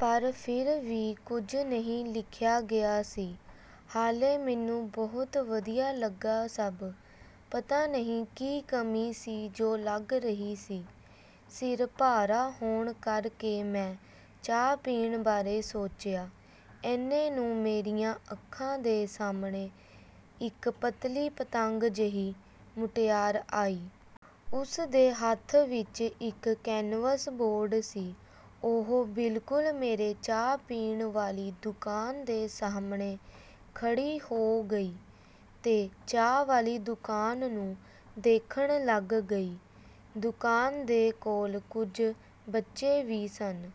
ਪਰ ਫਿਰ ਵੀ ਕੁਝ ਨਹੀਂ ਲਿਖਿਆ ਗਿਆ ਸੀ। ਹਾਲੇ ਮੈਨੂੰ ਬਹੁਤ ਵਧੀਆ ਲੱਗਾ ਸਭ, ਪਤਾ ਨਹੀਂ ਕੀ ਕਮੀ ਸੀ ਜੋ ਲੱਗ ਰਹੀ ਸੀ। ਸਿਰ ਭਾਰਾ ਹੋਣ ਕਰਕੇ ਮੈਂ ਚਾਹ ਪੀਣ ਬਾਰੇ ਸੋਚਿਆ। ਏਨੇ ਨੂੰ ਮੇਰੀਆਂ ਅੱਖਾਂ ਦੇ ਸਾਹਮਣੇ ਇੱਕ ਪਤਲੀ ਪਤੰਗ ਜਿਹੀ ਮੁਟਿਆਰ ਆਈ। ਉਸਦੇ ਹੱਥ ਵਿੱਚ ਇੱਕ ਕੈਨਵਸ ਬੋਰਡ ਸੀ। ਉਹ ਬਿਲਕੁਲ ਮੇਰੇ ਚਾਹ ਪੀਣ ਵਾਲੀ ਦੁਕਾਨ ਦੇ ਸਾਹਮਣੇ ਖੜ੍ਹੀ ਹੋ ਗਈ ਤੇ ਚਾਹ ਵਾਲੀ ਦੁਕਾਨ ਨੂੰ ਦੇਖਣ ਲੱਗ ਗਈ। ਦੁਕਾਨ ਦੇ ਕੋਲ ਕੁਝ ਬੱਚੇ ਵੀ ਸਨ।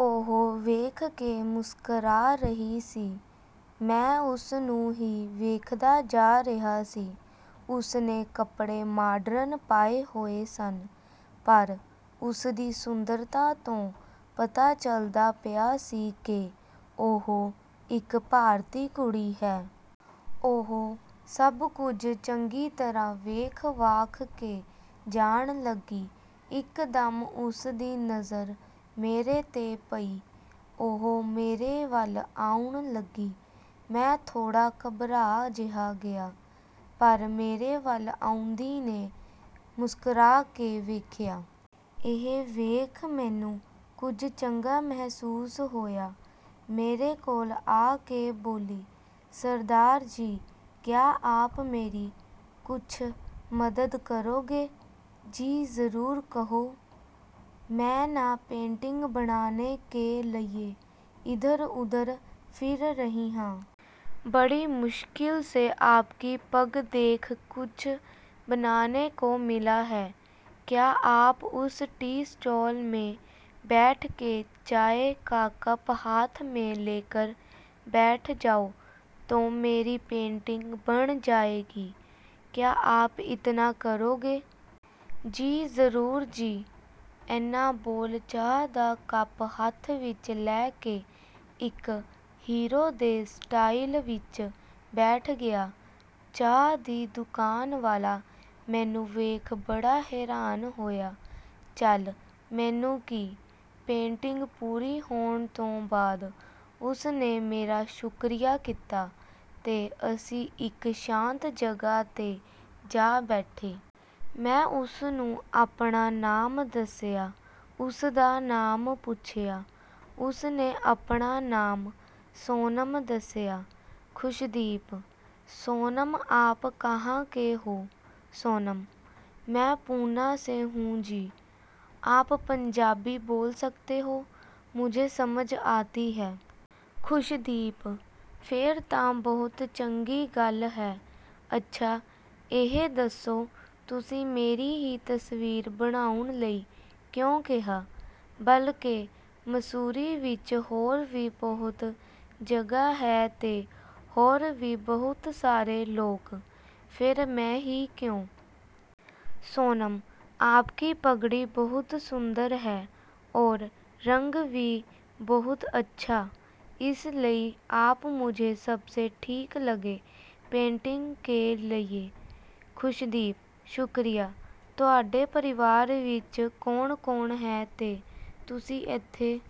ਉਹ ਵੇਖ ਕੇ ਮੁਸਕਰਾ ਰਹੀ ਸੀ। ਮੈਂ ਉਸਨੂੰ ਹੀ ਵੇਖਦਾ ਜਾ ਰਿਹਾ ਸੀ। ਉਸਨੇ ਕੱਪੜੇ ਮਾਡਰਨ ਪਾਏ ਹੋਏ ਸਨ, ਪਰ ਉਸਦੀ ਸੁੰਦਰਤਾ ਤੋਂ ਪਤਾ ਚੱਲਦਾ ਪਿਆ ਸੀ ਕਿ ਉਹ ਇੱਕ ਭਾਰਤੀ ਕੁੜੀ ਹੈ। ਉਹ ਸਭ ਕੁਝ ਚੰਗੀ ਤਰ੍ਹਾਂ ਵੇਖ-ਵਾਖ ਕੇ ਜਾਣ ਲੱਗੀ। ਇੱਕਦਮ ਉਸਦੀ ਨਜ਼ਰ ਮੇਰੇ ਤੇ ਪਈ। ਉਹ ਮੇਰੇ ਵੱਲ ਆਉਣ ਲੱਗੀ। ਮੈਂ ਥੋੜ੍ਹਾ ਘਬਰਾ ਜਿਹਾ ਗਿਆ, ਪਰ ਮੇਰੇ ਵੱਲ ਆਉਂਦੀ ਨੇ ਮੁਸਕਰਾ ਕੇ ਵੇਖਿਆ। ਇਹ ਵੇਖ ਮੈਨੂੰ ਕੁਝ ਚੰਗਾ ਮਹਿਸੂਸ ਹੋਇਆ। ਮੇਰੇ ਕੋਲ ਆ ਕੇ ਬੋਲੀ, "ਸਰਦਾਰ ਜੀ, ਕਿਆ ਆਪ ਮੇਰੀ ਕੁਛ ਮਦਦ ਕਰੋਗੇ?" "ਜੀ, ਜ਼ਰੂਰ ਕਹੋ।" "ਮੈਂ ਨਾ ਪੇਂਟਿੰਗ ਬਣਾਨੇ ਕੇ ਲਈਏ ਇਧਰ-ਉਧਰ ਫਿਰ ਰਹੀ ਹਾਂ। ਬੜੀ ਮੁਸ਼ਕਿਲ ਸੇ ਆਪਕੀ ਪੱਗ ਦੇਖ ਕੁਛ ਬਨਾਨੇ ਕੋ ਮਿਲਾ ਹੈ। ਕਿਆ ਆਪ ਉਸ ਟੀ ਸਟਾਲ ਮੈਂ ਬੈਠ ਕੇ ਚਾਏ ਕਾ ਕੱਪ ਹੱਥ ਮੈਂ ਲੇਕਰ ਬੈਠ ਜਾਓ, ਤੋ ਮੇਰੀ ਪੇਂਟਿੰਗ ਬਣ ਜਾਏਗੀ? ਕਿਆ ਆਪ ਇਤਨਾ ਕਰੋਗੇ?" "ਜੀ, ਜ਼ਰੂਰ ਜੀ।" ਏਨਾ ਬੋਲ ਚਾਹ ਦਾ ਕੱਪ ਹੱਥ ਵਿੱਚ ਲੈ ਕੇ ਇੱਕ ਹੀਰੋ ਦੇ ਸਟਾਈਲ ਵਿੱਚ ਬੈਠ ਗਿਆ। ਚਾਹ ਦੀ ਦੁਕਾਨ ਵਾਲਾ ਮੈਨੂੰ ਵੇਖ ਬੜਾ ਹੈਰਾਨ ਹੋਇਆ। ਚੱਲ, ਮੈਨੂੰ ਕੀ? ਪੇਂਟਿੰਗ ਪੂਰੀ ਹੋਣ ਤੋਂ ਬਾਅਦ ਉਸਨੇ ਮੇਰਾ ਸ਼ੁਕਰੀਆ ਕੀਤਾ ਤੇ ਅਸੀਂ ਇੱਕ ਸ਼ਾਂਤ ਜਗ੍ਹਾ ਤੇ ਜਾ ਬੈਠੇ। ਮੈਂ ਉਸਨੂੰ ਆਪਣਾ ਨਾਮ ਦੱਸਿਆ, ਉਸਦਾ ਨਾਮ ਪੁੱਛਿਆ। ਉਸਨੇ ਆਪਣਾ ਨਾਮ ਸੋਨਮ ਦੱਸਿਆ। ਖੁਸ਼ਦੀਪ: "ਸੋਨਮ, ਆਪ ਕਹਾਂ ਕੇ ਹੋ?" ਸੋਨਮ: "ਮੈਂ ਪੂਨਾ ਸੇ ਹੁ ਜੀ। ਆਪ ਪੰਜਾਬੀ ਬੋਲ ਸਕਤੇ ਹੋ, ਮੁਝੇ ਸਮਝ ਆਤੀ ਹੈ।" ਖੁਸ਼ਦੀਪ: "ਫੇਰ ਤਾਂ ਬਹੁਤ ਚੰਗੀ ਗੱਲ ਹੈ। ਅੱਛਾ, ਇਹ ਦੱਸੋ, ਤੁਸੀਂ ਮੇਰੀ ਹੀ ਤਸਵੀਰ ਬਣਾਉਣ ਲਈ ਕਿਉਂ ਕਿਹਾ? ਬਲਕਿ ਮਸੂਰੀ ਵਿੱਚ ਹੋਰ ਵੀ ਬਹੁਤ ਜਗ੍ਹਾ ਹੈ ਤੇ ਹੋਰ ਵੀ ਬਹੁਤ ਸਾਰੇ ਲੋਕ। ਫੇਰ ਮੈਂ ਹੀ ਕਿਉਂ?" ਸੋਨਮ: "ਆਪਕੀ ਪਗੜੀ ਬਹੁਤ ਸੁੰਦਰ ਹੈ, ਔਰ ਰੰਗ ਵੀ ਬਹੁਤ ਅੱਛਾ। ਇਸ ਲਈ ਆਪ ਮੁਝੇ ਸਭਸੇ ਠੀਕ ਲਗੇ ਪੇਂਟਿੰਗ ਕੇ ਲਈਏ।" ਖੁਸ਼ਦੀਪ: "ਸ਼ੁਕਰੀਆ। ਤੁਹਾਡੇ ਪਰਿਵਾਰ ਵਿੱਚ ਕੌਣ-ਕੌਣ ਹੈ ਤੇ ਤੁਸੀਂ ਏਥੇ...